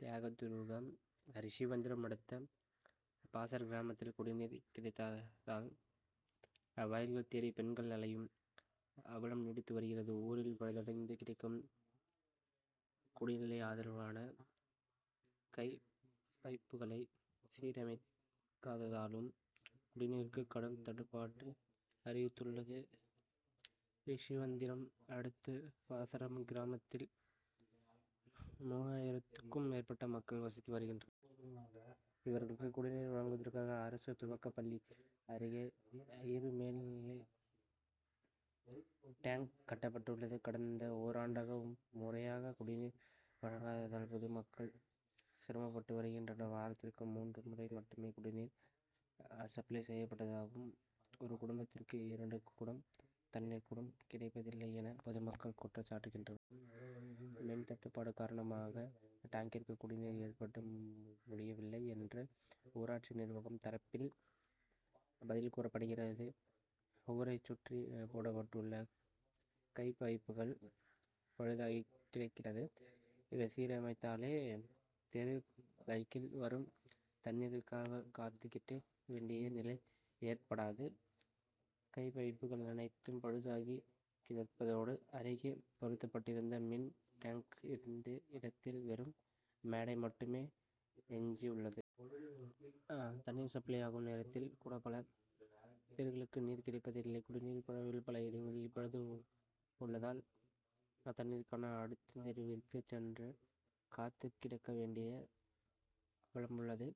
தியாகதுருகம் ரிஷிவந்தியம் அடுத்த பாசார் கிராமத் தில் குடிநீர் கிடைக்காததால் வயல்களை தேடி பெண்கள் அலையும் அவலம் நீடித்து வருகிறது. ஊரில் பழுதடைந்து கிடக்கும் குடிநீர் ஆதார கைப்பம்புகளை சீரமைக்காததாலும் குடிநீருக்கு கடும் தட்டுபாடு அதிகரித்துள்ளது. ரிஷிவந்தியம் அடுத்த பாசார் கிராமத்தில் மூவாயிரத்துக்கும் மேற்பட்ட மக்கள் வசித்து வருகின்றனர். இவர்களுக்கு குடிநீர் வழங்குவதற்காக அரசு துவக்கப் பள்ளி அருகே இரு மேல்நிலை டேங்க் கட்டப்பட்டுள்ளது. கடந்த ஓராண்டாக முறையான குடிநீர் வழங்காததால் பொதுமக்கள் சிரமப்பட்டு வருகின்றனர். வாரத்திற்கு மூன்று முறை மட்டுமே குடிநீர் சப்ளை செய்யப்படுவதாகவும் ஒரு குடும்பத்திற்கு இரண்டு குடம் தண்ணீர் கூட கிடைப்பதில்லை எனவும் பொதுமக்கள் குற்றம் சாட்டுகின்றனர். மின்தட்டுப் பாடு காரணமாக டேங்கிற்கு குடிநீர் ஏற்ற முடியவில்லை என்று ஊராட்சி நிர்வாகம் தரப்பில் பதில் கூறப்படுகிறது. ஊரை சுற்றி போடப்பட்டுள்ள கைப் பம்புகள் பழுதாகி கிடக்கிறது. இதை சீரமைத்தாலே தெரு பைப்பில் வரும் தண்ணீருக்காக காத்துக்கிடக்க வேண்டிய நிலை ஏற்படாது. கைப்பம்புகள் அனைத்தும் பழுதாகி கிடப்பதோடு அருகே பொருத்தப்பட்டிருந்த மினி டேங்க் இருந்த இடத்தில் வெறும் மேடை மட்டுமே எஞ்சியுள்ளது. தண்ணீர் சப்ளை ஆகும் நேரத்தில் கூட பல தெருக்களுக்கு நீர் கிடைப்பதில்லை. குடிநீர் குழாயில் பல இடங்களில் பழுது உள்ளதால் தண்ணீருக்காக அடுத்த தெருவிற்கு சென்று காத்துக்கிடக்கவேண்டிய அவலம் உள்ளது.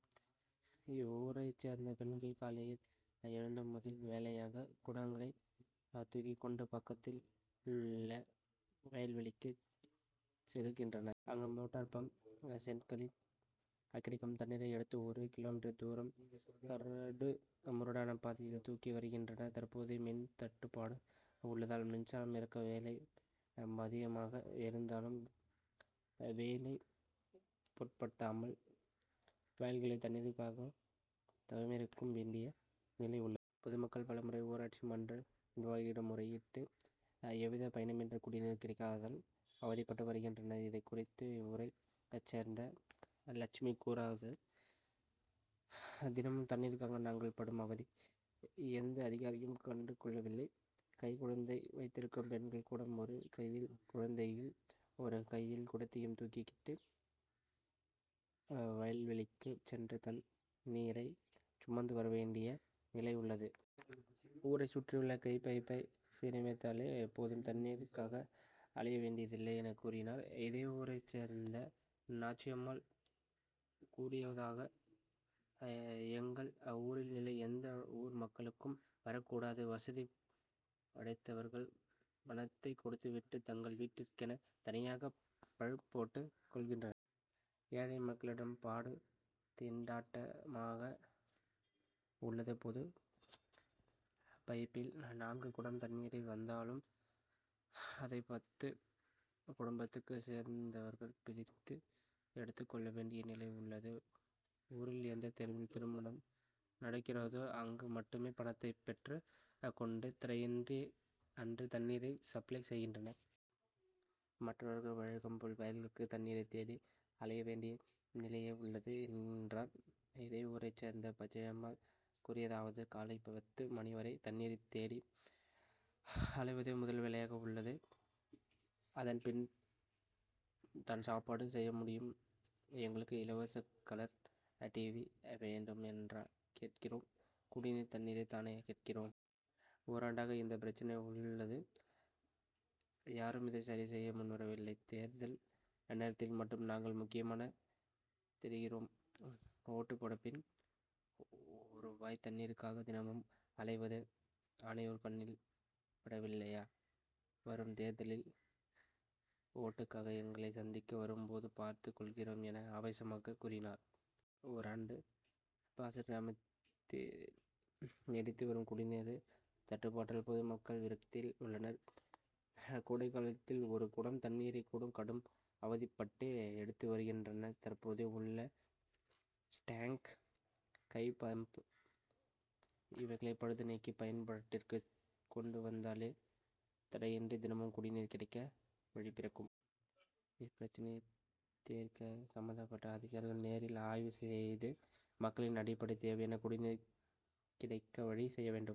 இவ்வூரை சேர்ந்த பெண்கள் காலையில் எழுந்ததும் முதல் வேலையாக குடங்களை தூக்கிக்கொண்டு பக்கத்தில் உள்ள வயல்வெளிகளுக்குச் செல்கின்றனர். அங்கு மோட் டார் பம்பு செட்டுகளில் கிடைக்கும் தண்ணீரை எடுத்து ஒரு கி. மீ. தூரம் கரடு முரடான பாதையில் தூக்கி வருகின்றனர். தற்போது மின்தட்டுபாடு உள்ளதால் மின்சாரம் இருக்கும் வேளை மதியமாக இருந்தாலும் வெயிலை பொருட்படுத்தாமல் வயல்களில் தண்ணீருக்காக தவமிருக்க வேண்டிய நிலை உள்ளது. பொதுமக்கள் பலமுறை ஊராட்சி மன்ற நிர்வாகிகளிடம் முறையிட்டும் எவ் வித பயனுமின்றி குடிநீர் கிடைக்காமல் அவதிப்பட்டு வருகின்றனர். இதுகுறித்து இவ்வூரை சேர்ந்த லட்சுமி கூறியதாவது தினமும் தண்ணீருக்காக நாங்கள் படும் அவதியை எந்த அதிகாரியும் கண்டு கொள்ளவில்லை. கைக்குழந்தை வைத்திருக்கும் பெண்கள் கூட ஒரு கையில் குழந் தையும் ஒரு கையில் குடத்தையும் தூக் கிக் கொண்டு வயல்வெளிகளுக்கு சென்று தண் ணீரை சுமந்து வர வேண் டிய நிலை உள் ளது. ஊரை சுற்றியுள்ள கைப் பம்பை சீரமைத் தாலே போதும் தண்ணீருக் காக அலைய வேண்டியதில்லை என்று கூறினார். இதே ஊரை சேர்ந்த நாச்சியம்மாள் கூறியதாவது எங்கள் ஊரின் நிலை எந்த ஊர்மக்களுக்கும் வரக்கூடாது. வசதி படைத்தவர் கள் பணத்தை கொடுத்துவிட்டு தங்கள் வீட்டிற்கென தனியாக பைப் போட்டு கொள்கின்றனர். ஏழை மக்களின் பாடு திண்டாட் டமாக உள்ளது. பொது பைப்பில் நான்கு குடம் தண்ணீர் வந் தாலும் அதை பத்து குடும்பத்தை சேர்ந்தவர்கள் பிரித்து எடுத்துக் கொள்ள வேண்டிய நிலை உள்ளது. ஊரில் எந்த தெருவில் திருமணம் நடக்கிறதோ அங்கு மட்டும் பணத்தை பெற்றுக் கொண்டு தடையின்றி அன்று தண்ணீர் சப்ளை செய்கின்றனர். மற்றவர்கள் வழக்கம் போல் வயல்களுக்கு தண்ணீரை தேடி அலையவேண் டிய நிலையே உள்ளது என்றார். இதே ஊரை சேர்ந்த பச்சையம்மாள் கூறியதாவது காலை பத்து மணிவரை தண்ணீர் தேடி அலைவதே முதல்வேலையாக உள்ளது. அதன் பின் தான் சாப்பாடு செய்யமுடியும். எங்களுக்கு இலவச கலர் டிவி வேண்டும் என்றா கேட்கிறோம் குடிக்க தண்ணீர் தானே கேட்கிறோம். ஓராண் டாக இந்த பிரச்னை உள் ளது யாரும் இதை சரிசெய்ய முன்வரவில்லை. தேர் தல் நேரத்தில் மட்டும் நாங்கள் முக்கியமாக தெரிகிறோம் ஓட்டுபோட்ட பின் ஒருவாய் தண்ணீருக்காக தினமும் அலைவது அவர்கள் கண்ணில் படவில்லையா. வரும் தேர்தலில் ஓட்டுக்காக எங்களை சந்திக்க வரும்போது பார்த்துக் கொள்கிறோம் என ஆவேசமாக கூறினார். ஓராண்டாக பாசார் கிராமத்தில் நீடித்து வரும் குடிநீர் தட்டுப்பாட்டால் பொதுமக்கள் விரக்தியில் உள்ளனர். கோடைகாலத்தில் ஒரு குடம் தண்ணீரை கூட கடும் அவதிப்பட்டே எடுத்து வருகின்றனர். தற்போது உள்ள டேங்க் கைப்பம்பு இவைகளை பழுது நீக்கி பயன் பாட்டிற்கு கொண்டு வந்தாலே தடையின்றி தினமும் குடிநீர் கிடைக்க வழிபிறக்கும். இப்பிரச்னையை தீர்க்க சம்பந்தப்பட்ட அதிகாரிகள் நேரில் ஆய்வு செய்து மக்களின் அடிப் படை தேவையான குடிநீர் கிடைக்க வழி செய்ய வேண்டும்.